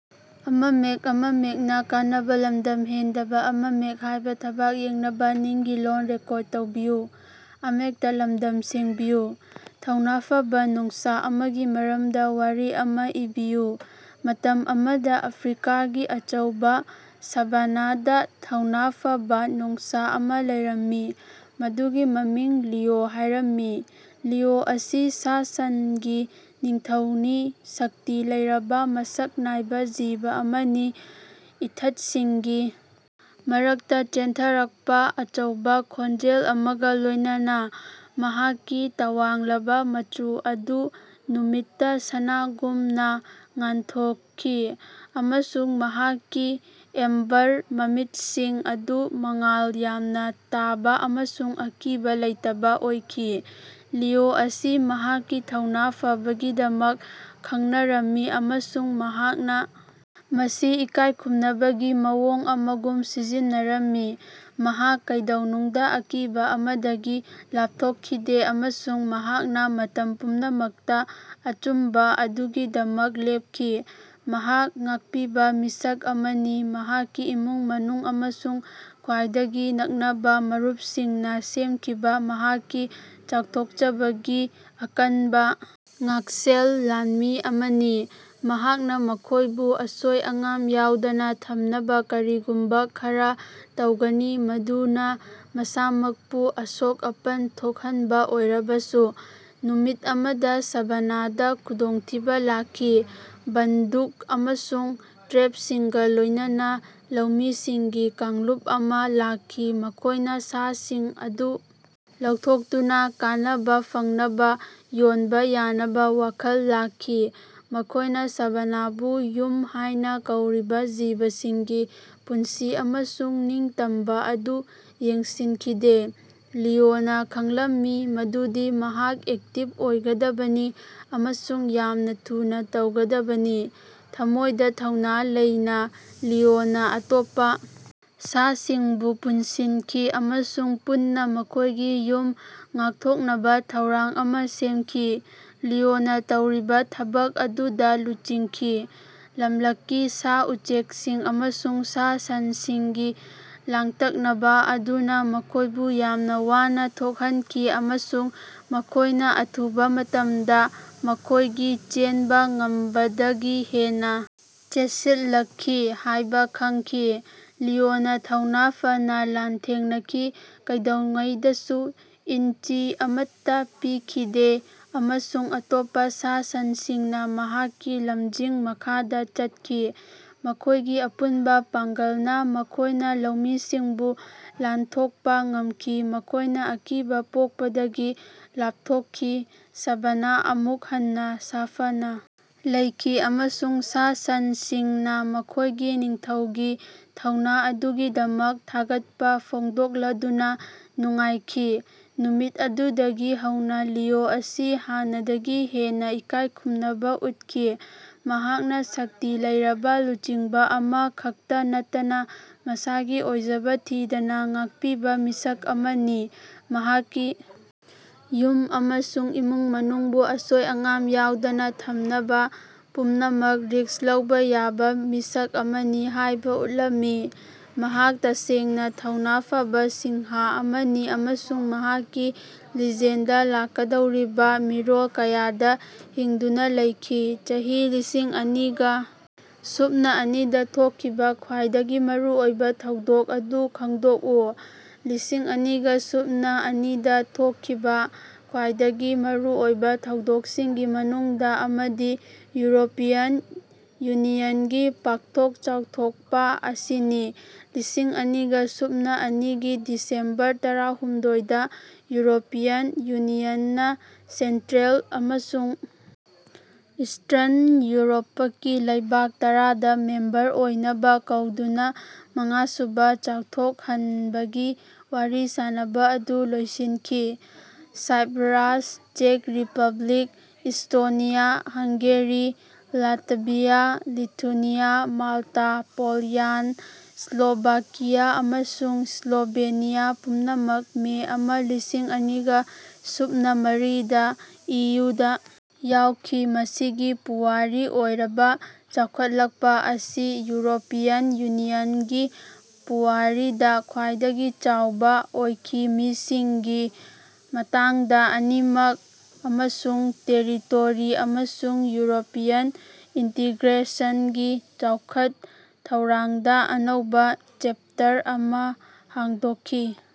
ꯊꯧꯅꯥ ꯐꯕꯥ ꯅꯣꯡꯁꯥ ꯑꯃꯒꯤ ꯃꯔꯝꯗ ꯋꯥꯔꯤ ꯑꯃ ꯏꯕꯤꯌꯨ꯫ ꯃꯇꯝ ꯑꯃꯗꯥ ꯑꯐ꯭ꯔꯤꯀꯥꯒꯤ ꯑꯆꯧꯕꯥ ꯁꯥꯚꯥꯅꯥꯗ ꯊꯧꯅꯥ ꯐꯕ ꯅꯣꯡꯁꯥ ꯑꯃ ꯂꯩꯔꯝꯃꯤ꯫ ꯃꯗꯨꯒꯤ ꯃꯃꯤꯡ ꯂꯤꯑꯣ ꯍꯥꯢꯔꯝꯃꯤ꯫ ꯂꯤꯑꯣ ꯑꯁꯤ ꯁꯥ-ꯁꯟꯒꯤ ꯅꯤꯡꯊꯧꯅꯤ ꯁꯛꯇꯤ ꯂꯩꯔꯕꯥ ꯃꯁꯛ ꯅꯥꯏꯕ ꯖꯤꯕ ꯑꯃꯅꯤ ꯏꯊꯠꯁꯤꯡꯒꯤ ꯃꯔꯛꯇꯥ ꯆꯦꯟꯊꯔꯛꯄ ꯑꯆꯧꯕꯥ ꯈꯣꯟꯖꯦꯜ ꯑꯃꯒ ꯂꯣꯢꯅꯅꯥ꯫ ꯃꯍꯥꯛꯀꯤ ꯇꯋꯥꯡꯂꯕ ꯃꯆꯨ ꯑꯗꯨ ꯅꯨꯃꯤꯠꯇ ꯁꯅꯥꯒꯨꯝꯅ ꯉꯥꯟꯊꯣꯛꯈꯤ ꯑꯃꯁꯨꯡ ꯃꯍꯥꯛꯀꯤ ꯑꯦꯝꯕꯔ ꯃꯃꯤꯠꯁꯤꯡ ꯑꯗꯨ ꯃꯉꯥꯜ ꯌꯥꯝꯅꯥ ꯇꯥꯕꯥ ꯑꯃꯁꯨꯡ ꯑꯀꯤꯕꯥ ꯂꯩꯇꯕꯥ ꯑꯣꯏꯈꯤ꯫ ꯂꯤꯑꯣ ꯑꯁꯤ ꯃꯍꯥꯛꯀꯤ ꯊꯧꯅꯥ ꯐꯕꯒꯤꯗꯃꯛ ꯈꯪꯅꯔꯝꯃꯤ ꯑꯃꯁꯨꯡ ꯃꯍꯥꯛꯅ ꯃꯁꯤ ꯏꯀꯥꯢ ꯈꯨꯝꯅꯕꯒꯤ ꯃꯑꯣꯡ ꯑꯃꯒꯨꯝ ꯁꯤꯖꯤꯟꯅꯔꯝꯃꯤ꯫ ꯃꯍꯥꯛ ꯀꯩꯗꯧꯅꯨꯡꯗ ꯑꯀꯤꯕ ꯑꯃꯗꯒꯤ ꯂꯥꯞꯊꯣꯛꯈꯤꯗꯦ ꯑꯃꯁꯨꯡ ꯃꯍꯥꯛꯅ ꯃꯇꯝ ꯄꯨꯝꯅꯃꯛꯇ ꯑꯆꯨꯝꯕ ꯑꯗꯨꯒꯤꯗꯃꯛ ꯂꯦꯞꯈꯤ꯫ ꯃꯍꯥꯛ ꯉꯥꯛꯄꯤꯕ ꯃꯤꯁꯛ ꯑꯃꯅꯤ ꯃꯍꯥꯛꯀꯤ ꯏꯃꯨꯡ ꯃꯅꯨꯡ ꯑꯃꯁꯨꯡ ꯈ꯭ꯋꯥꯏꯗꯒꯤ ꯅꯛꯅꯕ ꯃꯔꯨꯞꯁꯤꯡꯅ ꯁꯦꯝꯈꯤꯕꯥ ꯃꯍꯥꯛꯀꯤ ꯆꯥꯎꯊꯣꯛꯆꯕꯒꯤ ꯑꯀꯟꯕ ꯉꯥꯛꯁꯦꯜ ꯂꯥꯟꯃꯤ ꯑꯃꯅꯤ꯫ ꯃꯍꯥꯛꯅ ꯃꯈꯣꯢꯕꯨ ꯑꯁꯣꯏ ꯑꯉꯥꯝ ꯌꯥꯎꯗꯅ ꯊꯝꯅꯕ ꯀꯔꯤꯒꯨꯝꯕ ꯈꯔ ꯇꯧꯒꯅꯤ ꯃꯗꯨꯅ ꯃꯁꯥꯃꯛꯄꯨ ꯑꯁꯣꯛ-ꯑꯄꯟ ꯊꯣꯛꯍꯟꯕ ꯑꯣꯏꯔꯕꯁꯨ꯫ ꯅꯨꯃꯤꯠ ꯑꯃꯗ ꯁꯥꯚꯥꯅꯥꯗ ꯈꯨꯗꯣꯡꯊꯤꯕ ꯂꯥꯛꯈꯤ꯫ ꯕꯟꯗꯨꯛ ꯑꯃꯁꯨꯡ ꯇ꯭ꯔꯦꯞꯁꯤꯡꯒ ꯂꯣꯢꯅꯅꯥ ꯂꯧꯃꯤꯁꯤꯡꯒꯤ ꯀꯥꯡꯂꯨꯞ ꯑꯃ ꯂꯥꯛꯈꯤ ꯃꯈꯣꯢꯅ ꯁꯥꯁꯤꯡ ꯑꯗꯨ ꯂꯧꯊꯣꯛꯇꯨꯅꯥ ꯀꯥꯟꯅꯕꯥ ꯐꯪꯅꯕꯥ ꯌꯣꯟꯕꯥ ꯌꯥꯅꯕꯥ ꯋꯥꯈꯜ ꯂꯥꯛꯈꯤ꯫ ꯃꯈꯣꯢꯅ ꯁꯥꯚꯥꯅꯥꯕꯨ ꯌꯨꯝ ꯍꯥꯢꯅ ꯀꯧꯔꯤꯕ ꯖꯤꯕꯁꯤꯡꯒꯤ ꯄꯨꯟꯁꯤ ꯑꯃꯁꯨꯡ ꯅꯤꯡꯇꯝꯕ ꯑꯗꯨ ꯌꯦꯡꯁꯤꯟꯈꯤꯗꯦ꯫ ꯂꯤꯑꯣꯅꯥ ꯈꯡꯂꯝꯃꯤ ꯃꯗꯨꯗꯤ ꯃꯍꯥꯛ ꯑꯦꯛꯇꯤꯕ ꯑꯣꯏꯒꯗꯕꯅꯤ ꯑꯃꯁꯨꯡ ꯌꯥꯝꯅ ꯊꯨꯅꯥ ꯇꯧꯒꯗꯕꯅꯤ꯫ ꯊꯃꯣꯢꯗ ꯊꯧꯅ ꯂꯩꯅ ꯂꯤꯑꯣꯅ ꯑꯇꯣꯞꯄ ꯁꯥꯁꯤꯡꯕꯨ ꯄꯨꯟꯁꯤꯟꯈꯤ ꯑꯃꯁꯨꯡ ꯄꯨꯟꯅ ꯃꯈꯣꯢꯒꯤ ꯌꯨꯝ ꯉꯥꯛꯊꯣꯛꯅꯕ ꯊꯧꯔꯥꯡ ꯑꯃ ꯁꯦꯝꯈꯤ꯫ ꯂꯤꯑꯣꯅ ꯇꯧꯔꯤꯕ ꯊꯕꯛ ꯑꯗꯨꯗ ꯂꯨꯆꯤꯡꯈꯤ꯫ ꯂꯝꯂꯛꯀꯤ ꯁꯥ-ꯎꯆꯦꯛꯁꯤꯡ ꯑꯃꯁꯨꯡ ꯁꯥ-ꯁꯟꯁꯤꯡꯒꯤ ꯂꯥꯡꯇꯛꯅꯕ ꯑꯗꯨꯅ ꯃꯈꯣꯢꯕꯨ ꯌꯥꯝꯅ ꯋꯥꯅ ꯊꯣꯛꯍꯟꯈꯤ ꯑꯃꯁꯨꯡ ꯃꯈꯣꯢꯅ ꯑꯊꯨꯕ ꯃꯇꯝꯗꯥ ꯃꯈꯣꯢꯅꯥ ꯆꯦꯟꯕ ꯉꯝꯕꯗꯒꯤ ꯍꯦꯟꯅꯥ ꯆꯦꯠꯁꯤꯜꯂꯛꯈꯤ ꯍꯥꯢꯕ ꯈꯡꯈꯤ꯫ ꯂꯤꯑꯣꯅ ꯊꯧꯅꯥ ꯐꯅ ꯂꯥꯟꯊꯦꯡꯅꯈꯤ ꯀꯩꯗꯧꯉꯩꯗꯁꯨ ꯏꯟꯆꯤ ꯑꯃꯠꯇꯥ ꯄꯤꯈꯤꯗꯦ ꯑꯃꯁꯨꯡ ꯑꯇꯣꯞꯄ ꯁꯥ-ꯁꯟꯁꯤꯡꯅ ꯃꯍꯥꯛꯀꯤ ꯂꯝꯖꯤꯡ ꯃꯈꯥꯗ ꯆꯠꯈꯤ꯫ ꯃꯈꯣꯢꯒꯤ ꯑꯄꯨꯟꯕ ꯄꯥꯡꯒꯜꯅ ꯃꯈꯣꯢꯅ ꯂꯧꯃꯤꯁꯤꯡꯕꯨ ꯂꯥꯟꯊꯣꯛꯄ ꯉꯝꯈꯤ ꯃꯈꯣꯢꯅ ꯑꯀꯤꯕ ꯄꯣꯛꯄꯗꯒꯤ ꯂꯥꯞꯊꯣꯛꯈꯤ꯫ ꯁꯥꯚꯥꯅꯥ ꯑꯃꯨꯛ ꯍꯟꯅ ꯁꯥꯐꯅꯥ ꯂꯩꯈꯤ ꯑꯃꯁꯨꯡ ꯁꯥ-ꯁꯟꯁꯤꯡꯅ ꯃꯈꯣꯢꯒꯤ ꯅꯤꯡꯊꯧꯒꯤ ꯊꯧꯅꯥ ꯑꯗꯨꯒꯤꯗꯃꯛ ꯊꯥꯒꯠꯄ ꯐꯣꯡꯗꯣꯛꯂꯗꯨꯅ ꯅꯨꯡꯉꯥꯏꯈꯤ꯫ ꯅꯨꯃꯤꯠ ꯑꯗꯨꯗꯒꯤ ꯍꯧꯅꯥ ꯂꯤꯑꯣ ꯑꯁꯤ ꯍꯥꯟꯅꯗꯒꯤ ꯍꯦꯟꯅꯥ ꯏꯀꯥꯢꯈꯨꯝꯅꯕ ꯎꯠꯈꯤ꯫ ꯃꯍꯥꯛꯅ ꯁꯛꯇꯤ ꯂꯩꯔꯕ ꯂꯨꯆꯤꯡꯕ ꯑꯃ ꯈꯛꯇ ꯅꯠꯇꯅ ꯃꯁꯥꯒꯤ ꯑꯣꯏꯖꯕ ꯊꯤꯗꯅ ꯉꯥꯛꯄꯤꯕ ꯃꯤꯁꯛ ꯑꯃꯅꯤ꯫ ꯃꯍꯥꯛꯀꯤ ꯌꯨꯝ ꯑꯃꯁꯨꯡ ꯏꯃꯨꯡ ꯃꯅꯨꯡꯕꯨ ꯑꯁꯣꯏ ꯑꯉꯥꯝ ꯌꯥꯎꯗꯅ ꯊꯝꯅꯕ ꯄꯨꯝꯅꯃꯛ ꯔꯤꯁ꯭ꯛ ꯂꯧꯕ ꯌꯥꯕ ꯃꯤꯁꯛ ꯑꯃꯅꯤ ꯍꯥꯢꯕ ꯎꯠꯂꯝꯃꯤ꯫ ꯃꯍꯥꯛ ꯇꯁꯦꯡꯅ ꯊꯧꯅꯥ ꯐꯕ ꯁꯤꯡꯍ ꯑꯃꯅꯤ ꯑꯃꯁꯨꯡ ꯃꯍꯥꯛꯀꯤ ꯂꯤꯖꯦꯟꯗ ꯂꯥꯛꯀꯗꯧꯔꯤꯕꯥ ꯃꯤꯔꯣꯜ ꯀꯌꯥꯗꯥ ꯍꯤꯡꯗꯨꯅꯥ ꯂꯩꯈꯤ꯫ ꯆꯍꯤ ꯂꯤꯁꯤꯡ ꯑꯅꯤꯒ ꯁꯨꯞꯅ ꯑꯅꯤꯗ ꯊꯣꯛꯈꯤꯕ ꯈ꯭ꯋꯥꯏꯗꯒꯤ ꯃꯔꯨꯑꯣꯏꯕ ꯊꯧꯗꯣꯛ ꯑꯗꯨ ꯈꯡꯗꯣꯛꯎ꯫ ꯂꯤꯁꯤꯡ ꯑꯅꯤꯒ ꯁꯨꯞꯅ ꯑꯅꯤꯗꯥ ꯊꯣꯛꯈꯤꯕ ꯈ꯭ꯋꯥꯏꯗꯒꯤ ꯃꯔꯨꯑꯣꯏꯕ ꯊꯧꯗꯣꯛꯁꯤꯡꯒꯤ ꯃꯅꯨꯡꯗ ꯑꯃꯗꯤ ꯌꯨꯔꯣꯄꯤꯌꯟ ꯌꯨꯅꯤꯌꯟꯒꯤ ꯄꯥꯛꯊꯣꯛ ꯆꯥꯎꯊꯣꯛꯄ ꯑꯁꯤꯅꯤ꯫ ꯂꯤꯁꯤꯡ ꯑꯅꯤꯒ ꯁꯨꯞꯅ ꯑꯅꯤꯒꯤ ꯗꯤꯁꯦꯝꯕꯔ ꯇꯔꯥꯍꯨꯝꯗꯣꯏꯗ ꯌꯨꯔꯣꯄꯤꯌꯟ ꯌꯨꯅꯤꯌꯟꯅ ꯁꯦꯟꯇ꯭ꯔꯦꯜ ꯑꯃꯁꯨꯡ ꯏꯁ꯭ꯇꯔꯟ ꯌꯨꯔꯣꯄꯀꯤ ꯂꯩꯕꯥꯛ ꯇꯔꯥꯗꯥ ꯃꯦꯝꯕꯔ ꯑꯣꯏꯅꯕ ꯀꯧꯗꯨꯅ ꯃꯉꯥꯁꯨꯕꯥ ꯆꯥꯎꯊꯣꯛꯍꯟꯕꯒꯤ ꯋꯥꯔꯤ ꯁꯥꯅꯕꯥ ꯑꯗꯨ ꯂꯣꯏꯁꯤꯟꯈꯤ꯫ ꯁꯥꯏꯞꯔꯥꯁ, ꯆꯦꯛ Republic, Estonia, Hungary, Latvia, Lithuania, Malta, Poland, Slovakia ꯑꯃꯁꯨꯡ ꯁ꯭ꯂꯣꯚꯦꯅꯤꯌꯥ ꯄꯨꯝꯅꯃꯛ ꯃꯦ ꯑꯃꯥ ꯂꯤꯁꯤꯡ ꯑꯅꯤꯒ ꯁꯨꯞꯅ ꯃꯔꯤꯗꯥ ꯏꯌꯨꯗ ꯌꯥꯎꯈꯤ ꯃꯁꯤꯒꯤ ꯄꯨꯋꯥꯔꯤ ꯑꯣꯏꯔꯕ ꯆꯥꯎꯈꯠꯂꯛꯄꯥ ꯑꯁꯤ ꯌꯨꯔꯣꯄꯤꯌꯟ ꯌꯨꯅꯤꯌꯟꯒꯤ ꯄꯨꯋꯥꯔꯤꯗ ꯈ꯭ꯋꯥꯏꯗꯒꯤ ꯆꯥꯎꯕ ꯑꯣꯏꯈꯤ ꯃꯤꯁꯤꯡꯒꯤ ꯃꯇꯥꯡꯗ ꯑꯅꯤꯃꯛ ꯑꯃꯁꯨꯡ ꯇꯦꯔꯤꯇꯣꯔꯤ ꯑꯃꯁꯨꯡ ꯌꯨꯔꯣꯄꯤꯌꯟ ꯏꯟꯇꯤꯒ꯭ꯔꯦꯁꯟꯒꯤ ꯆꯥꯎꯈꯠ-ꯊꯧꯔꯥꯡꯗꯥ ꯑꯅꯧꯕꯥ ꯆꯦꯞꯇꯔ ꯑꯃ ꯍꯥꯡꯗꯣꯛꯈꯤ꯫